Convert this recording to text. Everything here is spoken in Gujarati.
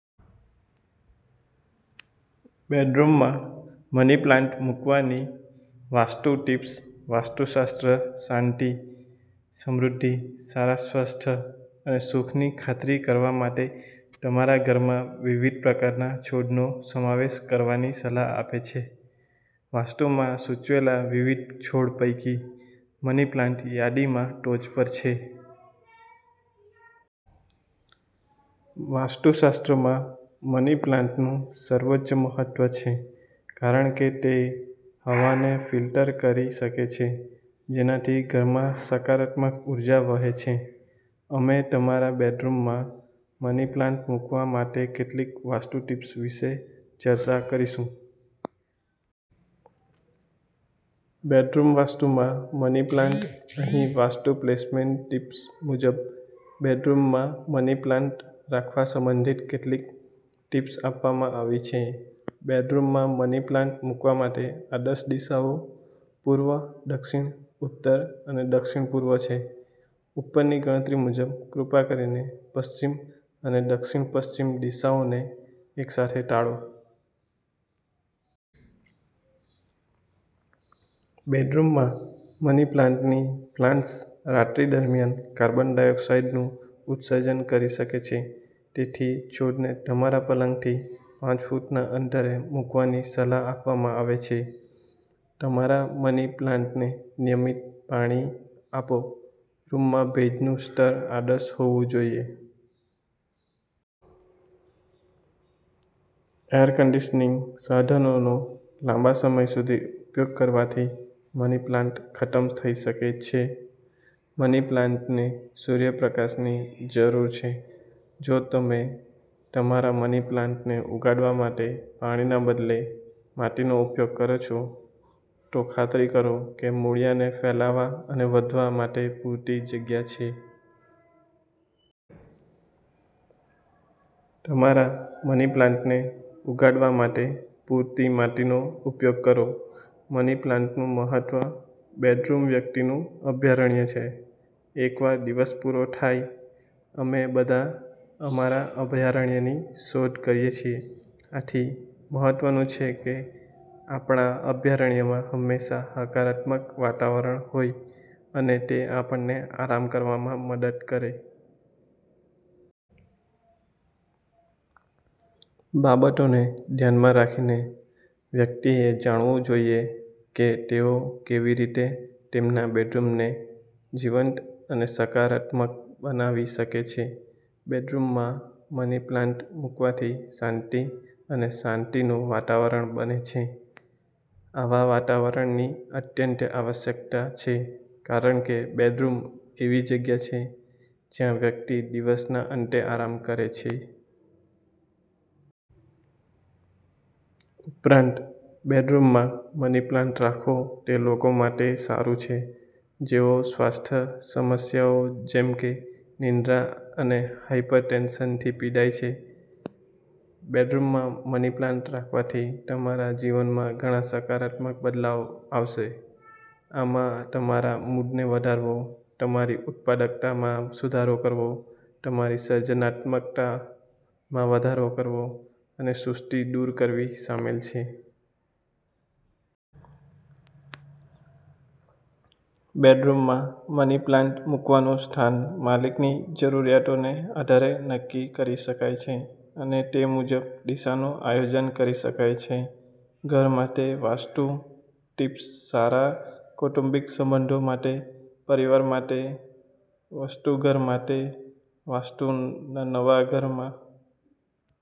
બેડરૂમમાં મની પ્લાન્ટ મૂકવાની વાસ્તુ ટિપ્સ વાસ્તુશાસ્ત્ર શાંતિ, સમૃદ્ધિ, સારા સ્વાસ્થ્ય અને સુખની ખાતરી કરવા માટે તમારા ઘરમાં વિવિધ પ્રકારના છોડનો સમાવેશ કરવાની સલાહ આપે છે. વાસ્તુમાં સૂચવેલા વિવિધ છોડ પૈકી, મની પ્લાન્ટ યાદીમાં ટોચ પર છે. વાસ્તુશાસ્ત્રમાં મની પ્લાન્ટનું સર્વોચ્ચ મહત્વ છે, કારણ કે તે હવાને ફિલ્ટર કરી શકે છે, જેનાથી ઘરમાં સકારાત્મક ઉર્જા વહે છે. અમે તમારા બેડરૂમમાં મની પ્લાન્ટ મૂકવા માટે કેટલીક વાસ્તુ ટિપ્સ વિશે ચર્ચા કરીશું. બેડરૂમ વાસ્તુમાં મની પ્લાન્ટ અહીં વાસ્તુ પ્લેસમેન્ટ ટિપ્સ મુજબ બેડરૂમમાં મની પ્લાન્ટ રાખવા સંબંધિત કેટલીક ટિપ્સ આપવામાં આવી છે. બેડરૂમમાં મની પ્લાન્ટ મૂકવા માટે આદર્શ દિશાઓ પૂર્વ, દક્ષિણ, ઉત્તર અને દક્ષિણ-પૂર્વ છે. ઉપરની ગણતરી મુજબ, કૃપા કરીને પશ્ચિમ અને દક્ષિણ-પશ્ચિમ દિશાઓને એકસાથે ટાળો. બેડરૂમમાં મની પ્લાન્ટની પ્લાન્ટ્સ રાત્રિ દરમિયાન કાર્બન ડાયોક્સાઇડનું ઉત્સર્જન કરી શકે છે. તેથી, છોડને તમારા પલંગથી પાંચ ફૂટના અંતરે મૂકવાની સલાહ આપવામાં આવે છે. તમારા મની પ્લાન્ટને નિયમિત પાણી આપોરૂમમાં ભેજનું સ્તર આદર્શ હોવું જોઈએ. એર કન્ડીશનીંગ સાધનોનો લાંબા સમય સુધી ઉપયોગ કરવાથી મની પ્લાન્ટ ખતમ થઈ શકે છે. મની પ્લાન્ટને સૂર્યપ્રકાશની જરૂર છેજો તમે તમારા મની પ્લાન્ટને ઉગાડવા માટે પાણીને બદલે માટીનો ઉપયોગ કરો છો, તો ખાતરી કરો કે મૂળિયાને ફેલાવવા અને વધવા માટે પૂરતી જગ્યા છે. તમારા મની પ્લાન્ટને ઉગાડવા માટે પૂરતી માટીનો ઉપયોગ કરો મની પ્લાન્ટનું મહત્વ બેડરૂમવ્યક્તિનું અભયારણ્ય છે. એકવાર દિવસ પૂરો થાય, અમે બધા અમારા અભયારણ્યની શોધ કરીએ છીએ. આથીમહત્વનું છે કે આપણા અભયારણ્યમાં હંમેશા હકારાત્મક વાતાવરણ હોય અને તે આપણને આરામ કરવામાં મદદ કરે. બાબતોને ધ્યાનમાં રાખીને, વ્યક્તિએ જાણવું જોઈએ કે તેઓ કેવી રીતે તેમના બેડરૂમને જીવંત અને સકારાત્મક બનાવી શકે છે. બેડરૂમમાં મની પ્લાન્ટ મૂકવાથી શાંતિ અને શાંતિનું વાતાવરણ બને છે. આવા વાતાવરણની અત્યંત આવશ્યકતા છે કારણ કે બેડરૂમએવી જગ્યા છે જ્યાં વ્યક્તિ દિવસના અંતે આરામ કરે છે. ઉપરાંત, બેડરૂમમાં મની પ્લાન્ટ રાખવો તે લોકો માટે સારું છે જેઓ સ્વાસ્થ્ય સમસ્યાઓ જેમ કે નિંદ્રા અને હાયપરટેન્શનથી પીડાય છે. બેડરૂમમાં મની પ્લાન્ટ રાખવાથી તમારા જીવનમાં ઘણા સકારાત્મક બદલાવ આવશે. આમાં તમારા મૂડને વધારવો, તમારી ઉત્પાદકતામાં સુધારો કરવો, તમારી સર્જનાત્મકતામાં વધારો કરવો અને સુસ્તી દૂર કરવી શામેલ છે. બેડરૂમમાં મની પ્લાન્ટ મૂકવાનું સ્થાન માલિકની જરૂરિયાતોને આધારે નક્કી કરી શકાય છે, અને તે મુજબ, દિશાનું આયોજન કરી શકાય છે. ઘર માટે વાસ્તુ ટિપ્સસારા કૌટુંબિક સંબંધો માટેપરિવાર માટે વાસ્તુ, ઘર માટે વાસ્તુનવા ઘર